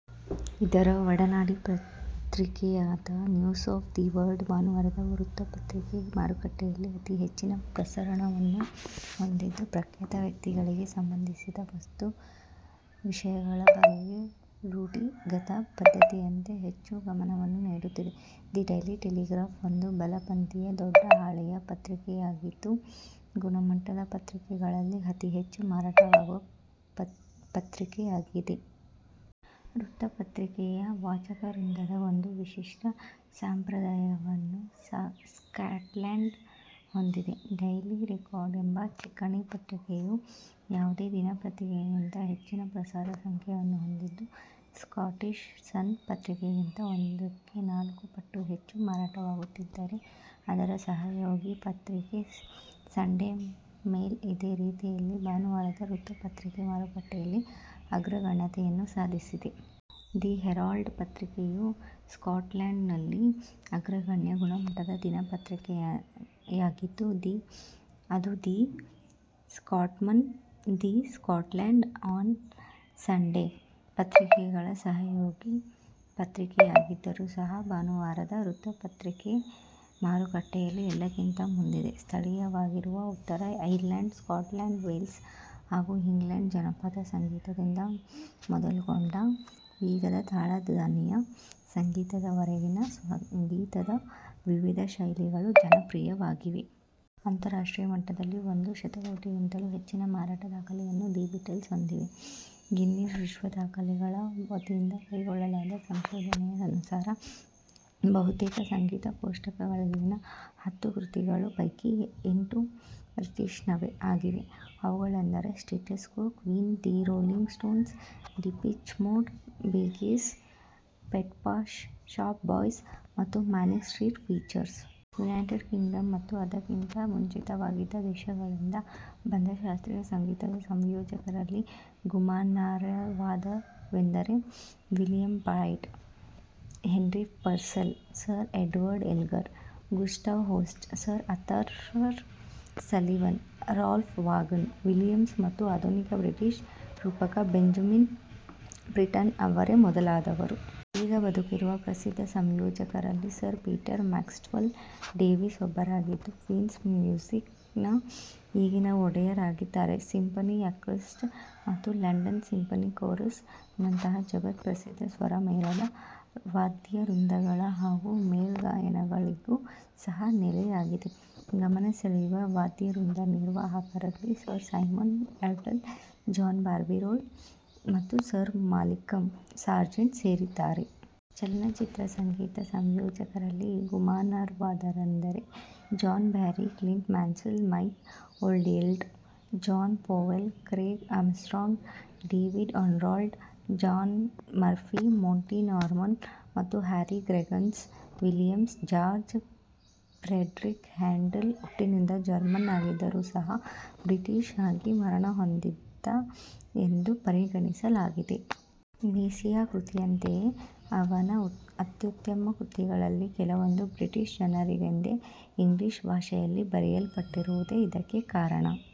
ಇದರ ಒಡನಾಡಿ ಪತ್ರಿಕೆಯಾದ, ನ್ಯೂಸ್ ಆಫ್ ದಿ ವರ್ಲ್ಡ್ ಭಾನುವಾರದ ವೃತ್ತಪತ್ರಿಕೆ ಮಾರುಕಟ್ಟೆಯಲ್ಲಿ ಅತಿ ಹೆಚ್ಚಿನ ಪ್ರಸರಣವನ್ನು ಹೊಂದಿದ್ದು, ಪ್ರಖ್ಯಾತ ವ್ಯಕ್ತಿಗಳಿಗೆ ಸಂಬಂಧಿಸಿದ ವಸ್ತು-ವಿಷಯಗಳ ಬಗೆಗೆ ರೂಢಿಗತ ಪದ್ಧತಿಯಂತೆ ಹೆಚ್ಚು ಗಮನವನ್ನು ನೀಡುತ್ತದೆ. ದಿ ಡೈಲಿ ಟೆಲಿಗ್ರಾಫ್ ಒಂದು ಬಲಪಂಥೀಯ ದೊಡ್ಡಹಾಳೆಯ ಪತ್ರಿಕೆಯಾಗಿದ್ದು, "ಗುಣಮಟ್ಟದ" ವೃತ್ತಪತ್ರಿಕೆಗಳಲ್ಲಿ ಅತಿ ಹೆಚ್ಚು ಮಾರಾಟವಾಗುವ ಪತ್ರಿಕೆಯಾಗಿದೆ. ವೃತ್ತಪತ್ರಿಕೆಯ ವಾಚಕವೃಂದದ ಒಂದು ವಿಶಿಷ್ಟ ಸಂಪ್ರದಾಯವನ್ನು ಸ್ಕಾಟ್ಲೆಂಡ್ ಹೊಂದಿದೆ. ಡೈಲಿ ರೆಕಾರ್ಡ್ ಎಂಬ ಚಿಕಣಿ-ಪತ್ರಿಕೆಯು ಯಾವುದೇ ದಿನಪತ್ರಿಕೆಗಿಂತ ಹೆಚ್ಚಿನ ಪ್ರಸಾರ ಸಂಖ್ಯೆಯನ್ನು ಹೊಂದಿದ್ದು, ಸ್ಕಾಟಿಷ್ ಸನ್ ಪತ್ರಿಕೆಗಿಂತ ಒಂದಕ್ಕೆ ನಾಲ್ಕು ಪಟ್ಟು ಹೆಚ್ಚು ಮಾರಾಟವಾಗುತ್ತಿದ್ದರೆ, ಅದರ ಸಹಯೋಗಿ ಪತ್ರಿಕೆ ಸಂಡೆ ಮೇಲ್ ಇದೇ ರೀತಿಯಲ್ಲಿ ಭಾನುವಾರದ ವೃತ್ತಪತ್ರಿಕೆ ಮಾರುಕಟ್ಟೆಯಲ್ಲಿ ಅಗ್ರಗಣ್ಯತೆಯನ್ನು ಸಾಧಿಸಿದೆ. ದಿ ಹೆರಾಲ್ಡ್ ಪತ್ರಿಕೆಯು ಸ್ಕಾಟ್ಲೆಂಡ್ನಲ್ಲಿನ ಅಗ್ರಗಣ್ಯ "ಗುಣಮಟ್ಟದ" ದಿನಪತ್ರಿಕೆಯಾಗಿದ್ದು, ಅದು the Scotsman, the Scotland on Sunday ಪತ್ರಿಕೆಗಳ ಸಹಯೋಗಿ ಪತ್ರಿಕೆಯಾಗಿದ್ದರೂ ಸಹ, ಭಾನುವಾರದ ವೃತ್ತಪತ್ರಿಕೆ ಮಾರುಕಟ್ಟೆಯಲ್ಲಿ ಎಲ್ಲಕ್ಕಿಂತ ಮುಂದಿದೆ. ಸ್ಥಳೀಯವಾಗಿರುವ, ಉತ್ತರ ಐರ್ಲೆಂಡ್, ಸ್ಕಾಟ್ಲೆಂಡ್, ವೇಲ್ಸ್ ಹಾಗೂ ಇಂಗ್ಲೆಂಡ್ನ ಜಾನಪದ ಸಂಗೀತ ದಿಂದ ಮೊದಲ್ಗೊಂಡು ವೇಗದ ತಾಳ-ಧ್ವನಿಯ ಸಂಗೀತ ದವರೆಗಿನ ಸಂಗೀತದ ವಿವಿಧ ಶೈಲಿಗಳು ಜನಪ್ರಿಯವಾಗಿವೆ. ಅಂತರರಾಷ್ಟ್ರೀಯ ಮಟ್ಟದಲ್ಲಿ ಒಂದು ಶತಕೋಟಿಗಿಂತಲೂ ಹೆಚ್ಚಿನ ಮಾರಾಟ ದಾಖಲೆಯನ್ನು ದಿ ಬೀಟಲ್ಸ್ ಹೊಂದಿವೆ. ಗಿನ್ನೆಸ್ ವಿಶ್ವ ದಾಖಲೆ ಗಳ ವತಿಯಿಂದ ಕೈಗೊಳ್ಳಲಾದ ಸಂಶೋಧನೆಯ ಅನುಸಾರ, ಬಹುತೇಕ ಸಂಗೀತ ಕೋಷ್ಟಕಗಳಲ್ಲಿನ ಹತ್ತು ಕೃತಿಗಳ ಪೈಕಿ ಎಂಟು ಬ್ರಿಟಿಷ್ನವೇ ಆಗಿವೆ. ಅವುಗಳೆಂದರೆ, Status Quo, Queen, the Rolling Stones, Depeche Mode, Bee Gees, Pet Shop Boys ಮತ್ತು Manic Street Preachers. United Kingdom ಮತ್ತು ಅದಕ್ಕಿಂತ ಮುಂಚಿತವಾಗಿದ್ದ ದೇಶಗಳಿಂದ ಬಂದ ಶಾಸ್ತ್ರೀಯ ಸಂಗೀತದ ಸಂಯೋಜಕರಲ್ಲಿ ಗಮನಾರ್ಹವಾದವರೆಂದರೆ, William Byrd, Henry Purcell, Sir Edward Elgar, Gustav Holst, Sir Arthur Sullivan, Ralph Vaughan Williams ಮತ್ತು ಆಧುನಿಕ ಬ್ರಿಟಿಷ್ ರೂಪಕ ಬೆಂಜಮಿನ್ ಬ್ರಿಟ್ಟನ್ ಇವರೇ ಮೊದಲಾದವರು. ಈಗ ಬದುಕಿರುವ ಪ್ರಸಿದ್ಧ ಸಂಯೋಜಕರಲ್ಲಿ ಸರ್ ಪೀಟರ್ ಮ್ಯಾಕ್ಸ್ವೆಲ್ ಡೇವಿಸ್ ಒಬ್ಬರಾಗಿದ್ದು, ಕ್ವೀನ್ಸ್ ಮ್ಯೂಸಿಕ್ನ ಈಗಿನ ಒಡೆಯ ರಾಗಿದ್ದಾರೆ. ಸಿಂಫನಿ ಆರ್ಕೇಸ್ಟ್ರ ಮತ್ತು ಲಂಡನ್ ಸಿಂಫನಿ ಕೋರಸ್ ನಂತಹ ಜಗತ್ ಪ್ರಸಿದ್ಧ ಸ್ವರಮೇಳದ ವಾದ್ಯವೃಂದಗಳು ಹಾಗೂ ಮೇಳಗಾಯನಗಳಿಗೂ ಸಹ ನೆಲೆಯಾಗಿದೆ. ಗಮನ ಸೆಳೆಯುವ ವಾದ್ಯವೃಂದ ನಿರ್ವಾಹಕ ರಲ್ಲಿ Sir Simon Rattle, John Barbirolli ಮತ್ತು ಸರ್ ಮಾಲ್ಕಮ್ ಸಾರ್ಜೆಂಟ್ ಸೇರಿದ್ದಾರೆ. ಚಲನಚಿತ್ರ ಸಂಗೀತ ಸಂಯೋಜಕ ರಲ್ಲಿ ಗಮನಾರ್ಹವಾದವರೆಂದರೆ, John Barry, Clint Mansell, Mike Oldfield, John Powell, Craig Armstrong, David Arnold, John Murphy, Monty Norman ಮತ್ತು Harry Gregson Williams. George Frideric Handel ಹುಟ್ಟಿನಿಂದ ಜರ್ಮನ್ ಆಗಿದ್ದರೂ ಸಹ ಬ್ರಿಟಿಷ್ ಆಗಿ ಮರಣಹೊಂದಿದ ಎಂದು ಪರಿಗಣಿಸಲಾಗಿದೆ. ಮೆಸಿಯಾ ಕೃತಿಯಂತೆಯೇ ಅವನ ಅತ್ಯುತ್ತಮ ಕೃತಿಗಳಲ್ಲಿ ಕೆಲವೊಂದು ಬ್ರಿಟಿಷ್ ಜನ ರಿಗೆಂದೇ ಇಂಗ್ಲಿಷ್ ಭಾಷೆ ಯಲ್ಲಿ ಬರೆಯಲ್ಪಟ್ಟಿರುವುದೇ ಇದಕ್ಕೆ ಕಾರಣ.